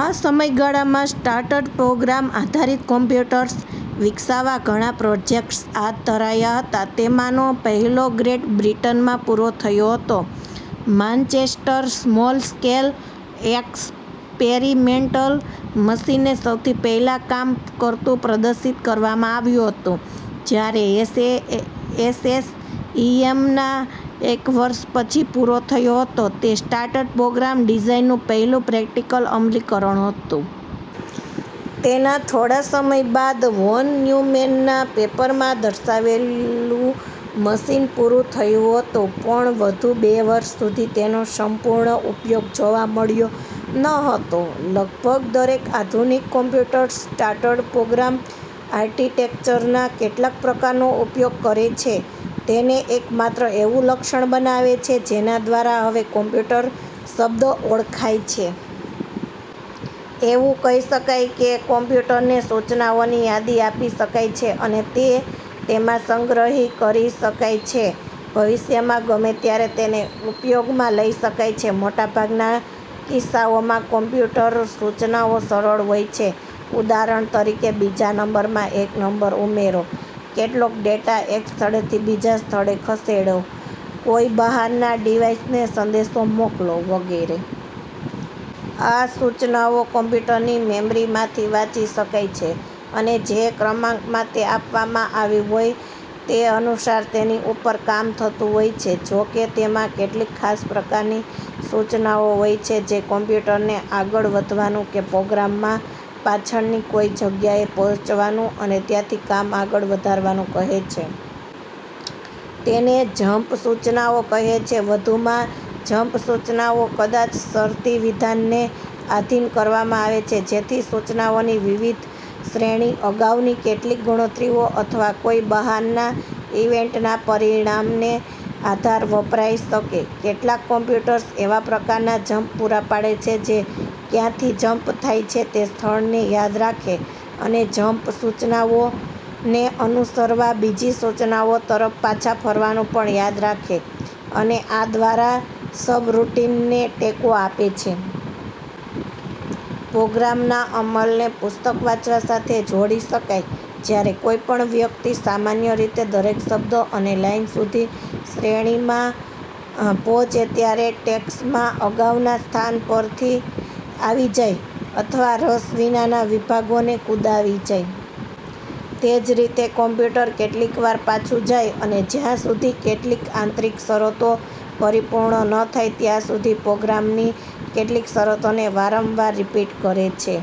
આ સમયગાળામાં સ્ટોર્ડ-પ્રોગ્રામ આધારિત કમ્પ્યુટર્સ વિકસાવવા ઘણાં પ્રોજેક્ટ્સ હાથ ધરાયા હતા, તેમાંનો પહેલો ગ્રેટ બ્રિટનમાં પુરો થયો હતો. માન્ચેસ્ટર સ્મોલ-સ્કેલ એક્સપેરિમેન્ટલ મશીન ને સૌથી પહેલા કામ કરતું પ્રદર્શિત કરવામાં આવ્યું હતું, જ્યારે SSEMનાં એક વર્ષ પછી પુરો થયો હતો, તે સ્ટોર્ડ પ્રોગ્રામ ડિઝાઇનનું પહેલું પ્રેક્ટિકલ અમલીકરણ હતું. તેના થોડા સમય બાદ વોન ન્યુમેનના પેપરમાં દર્શાવાયેલુ મશીન પુરૂ થયું હતું પણ વધુ બે વર્ષ સુધી તેનો સંપૂર્ણ ઉપયોગ જોવા મળ્યો નહોતો. લગભગ દરેક આધુનિક કમ્પ્યુટર્સ સ્ટોર્ડ પ્રોગ્રામ આર્કિટેક્ચરના કેટલાંક પ્રકારનો ઉપયોગ કરે છે, તેને એકમાત્ર એવુ લક્ષણ બનાવે છે જેના દ્વારા હવે "કમ્પ્યુટર" શબ્દ ઓળખાય છે. એવુ કહી શકાય કે કમ્પ્યુટરને સૂચનાઓની યાદી આપી શકાય છે અને તે તેમાં સંગ્રહી શકાય અને ભવિષ્યમાં ગમે ત્યારે તેને ઉપયોગમાં લઇ શકાય છે. મોટાભાગના કિસ્સાઓમાં, કમ્પ્યુટર સૂચનાઓ સરળ હોય છે. ઉદાહરણ તરીકે બીજા નંબરમાં એક નંબર ઉમેરો, કેટલોક ડેટા એક સ્થળેથી બીજા સ્થળે ખસેડો, કોઇ બહાર ના ડિવાઇસ ને સંદેશો મોકલો, વગેરે. આ સૂચનાઓ કમ્પ્યુટરની મેમરી માંથી વાંચી શકાય છે અને જે ક્રમાંકમાં તે આપવામાં આવી હોય તે અનુસાર તેની ઉપર કામ થતું હોય છે. જોકે, તેમાં કેટલીક ખાસ પ્રકારની સૂચનાઓ હોય છે જે કમ્પ્યુટરને આગળ વધવાનું કે પ્રોગ્રામમાં પાછળની કોઇ જગ્યાએ પહોચવાનું અને ત્યાંથી કામ આગળ વધારવાનું કહે છે. તેને "જમ્પ" સૂચનાઓ કહે છે. વધુમાં, જમ્પ સૂચનાઓ કદાચ શરતી વિધાનને આધિન કરવામાં આવે છે જેથી સૂચનાઓની વિવિધ શ્રેણી અગાઉની કેટલીક ગણતરીઓ અથવા કોઇ બહાર ના ઇવેન્ટ ના પરિણામને આધારે વપરાઇ શકે. કેટલાંક કમ્પ્યુટર્સ એવા પ્રકારના જમ્પ પુરા પાડે છે જે ક્યાંથી જમ્પ થાય છે તે સ્થળને યાદ રાખે અને જમ્પ સૂચનાઓને અનુસરવા બીજી સૂચનાઓ તરફ પાછા ફરવાનું પણ યાદ રાખે છે અને આ દ્વારા સબરૂટિનને ટેકો આપે છે. પ્રોગ્રામના અમલને પુસ્તક વાંચવા સાથે જોડી શકાય. જ્યારે કોઇ પણ વ્યક્તિ સામાન્ય રીતે દરેક શબ્દ અને લાઇન સુધી શ્રેણીમાં પહોંચે ત્યારે, ટેક્સ્ટમાં અગાઉના સ્થાન પર ફરીથી આવી જાય અથવા રસ વિનાના વિભાગોને કૂદાવી જાય. તેજ રીતે કમ્પ્યુટર કેટલીકવાર પાછુ જાય અને જ્યા સુધી કેટલીક આંતરિક શરતો પરિપૂર્ણ ન થાય ત્યા સુધી પ્રોગ્રામની કેટલીક શરતોને વારંવાર રીપીટ કરે છે.